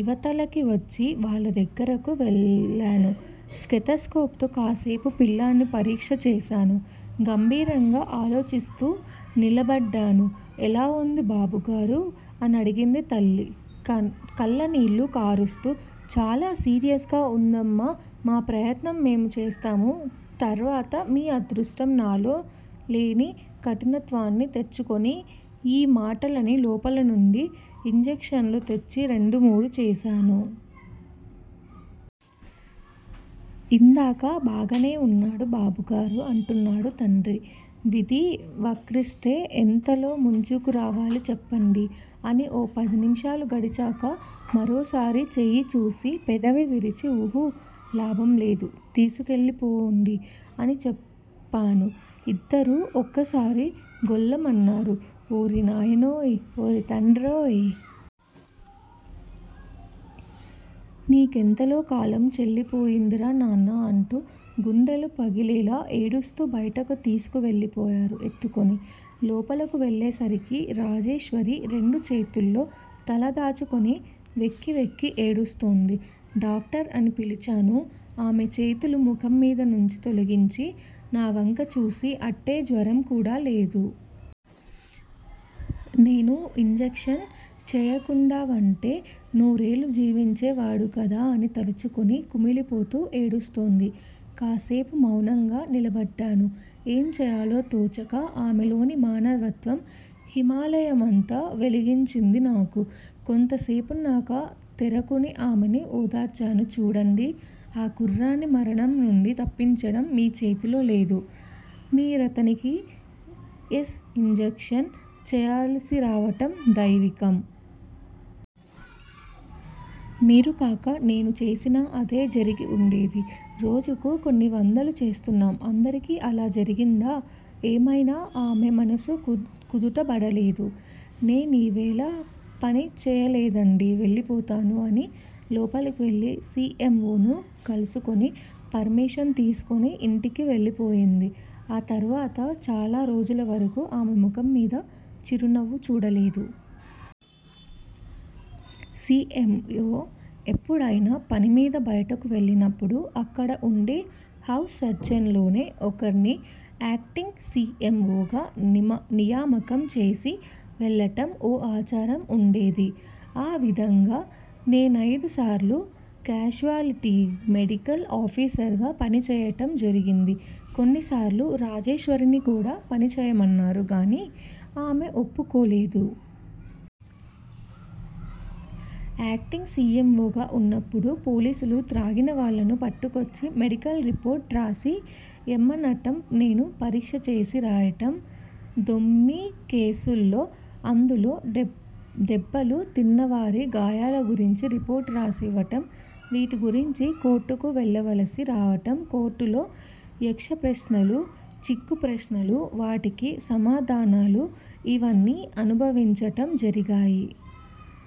ఇవతలకి వచ్చి వాళ్ళ దగ్గరకు వెళ్ళాను. స్టెతస్కోప్ తో కాసేపు పిల్లాణ్ణి పరీక్ష చేశాను. గంభీరంగా ఆలోచిస్తూ నిలబడ్డాను. ఎలా వుంది బాబుగారూ! అనడిగింది తల్లి, కళ్ళనీళ్ళు కారుస్తూ. చాలా సీరియస్ గా ఉందమ్మా! మా ప్రయత్నం మేము చేస్తాము. తర్వాత మీ అదృష్టం నాలో లేని కఠినత్వాన్ని తెచ్చుకొని యీ మాటలని లోపల నుండి యింజక్షన్లు తెచ్చి రెండుమూడు చేశాను. ఇందాకా బాగానే ఉన్నాడు బాబుగారూ! అంటున్నాడు తండ్రి. విధి వక్రిస్తే ఎంతలో ముంచుకురావాలి చెప్పండి అని ఓ పదినిమిషాలు గడిచాక మరోసారి చెయ్యిచూసి పెదవి విరిచి ఉహు, లాభం లేదు తీసుకు వెళ్ళిపోండి అని చెప్పాను. ఇద్దరూ ఒక్కసారి గొల్లుమన్నారు. ఓరి నాయనోయ్! ఓరి తండ్రోయ్! నీ కెంతలో కాలం చెల్లిపోయిందిరా నాన్నా! అంటూ గుండెలు పగిలేలా ఏడుస్తూ బయటకు తీసుకు వెళ్ళిపోయారు, ఎత్తుకుని. లోపలకు వెళ్ళేసరికి రాజేశ్వరి రెండు చేతుల్లో తలదాచుకుని వెక్కివెక్కి ఏడుస్తోంది. డాక్టర్! అని పిలిచాను ఆమె చేతులు ముఖంమీద నుంచి తొలగించి నావంక చూసి అట్టే జ్వరం కూడా లేదు. నేను యింజక్షన్ చేయకుండావుంటే నూరేళ్ళు జీవించే వాడు కదా అని తలుచుకుని కుమిలిపోతూ ఏడుస్తోంది. కాసేపు మౌనంగా నిలబడ్డాను, ఏం చేయాలో తోచక. ఆమెలోని మానవత్వం హిమాలయమంత వెలిగించింది నాకు. కొంతసేపున్నాక తేరుకుని ఆమెను ఓదార్చాను. చూడండి. ఆ కుర్రాణ్ని మరణం నుండి తప్పించటం మీ చేతిలో లేదు మీరతనికి యిన్ జక్షన్ చెయ్యాల్సిరావటం దైవికం. మీరుకాక నేను చేసినా అదే జరిగి వుండేది. రోజుకు కొన్నివందలు చేస్తున్నాం. అందరికీ అలా జరిగిందా? ఏమయినా ఆమె మనస్సు కుదుటబడలేదు. నే నివేళ పని చేయలేనండీ వెళ్ళిపోతాను అని లోపలకువెళ్ళి సి. ఎమ్. ఓ. ను కలుసుకుని, పర్మిషన్ తీసుకుని యింటికి వెళ్ళిపోయింది. ఆ తర్వాత చాలా రోజులవరకూ ఆమె ముఖంమీద చిరునవ్వు చూడలేదు. సి. ఎమ్. ఓ ఎప్పుడైనా పనిమీద బయటకు వెళ్ళినప్పుడు, అక్కడ వుండే హౌస్ సర్జన్లలోనే ఒకర్ని యాక్టింగ్ సి. ఎమ్. ఓ. గా నియామకం చేసి వెళ్ళటం ఓ ఆచారంగా ఉండేది. ఆ విధంగా నేనయిదారుసార్లు క్యాజుయాలిటీ మెడికల్ ఆఫీసర్ గా పనిచేయటం జరిగింది. కొన్నిసార్లు రాజేశ్వరిని కూడా చెయ్యమన్నారు గాని, ఆమె ఒప్పుకోలేదు. Acting C. ఎమ్. ఓ. గా ఉన్నప్పుడు పోలీసులు త్రాగిన వాళ్ళను పట్టుకొచ్చి మెడికల్ రిపోర్ట్ రాసి యిమ్మనటం, నేను పరీక్ష చేసి రాయటం, దొమ్మీ కేసుల్లో అందులో దెబ్బలు తిన్నవారి గాయాలగురించి రిపోర్టు రాసివ్వటం వీటిగురించి కోర్టుకు వెళ్ళవలసి రావటం, కోర్టులో యక్షప్రశ్నలు, చిక్కుప్రశ్నలు, వాటికి సమాధానాలూ _ ఇవన్నీ అనుభవించటం జరిగాయి.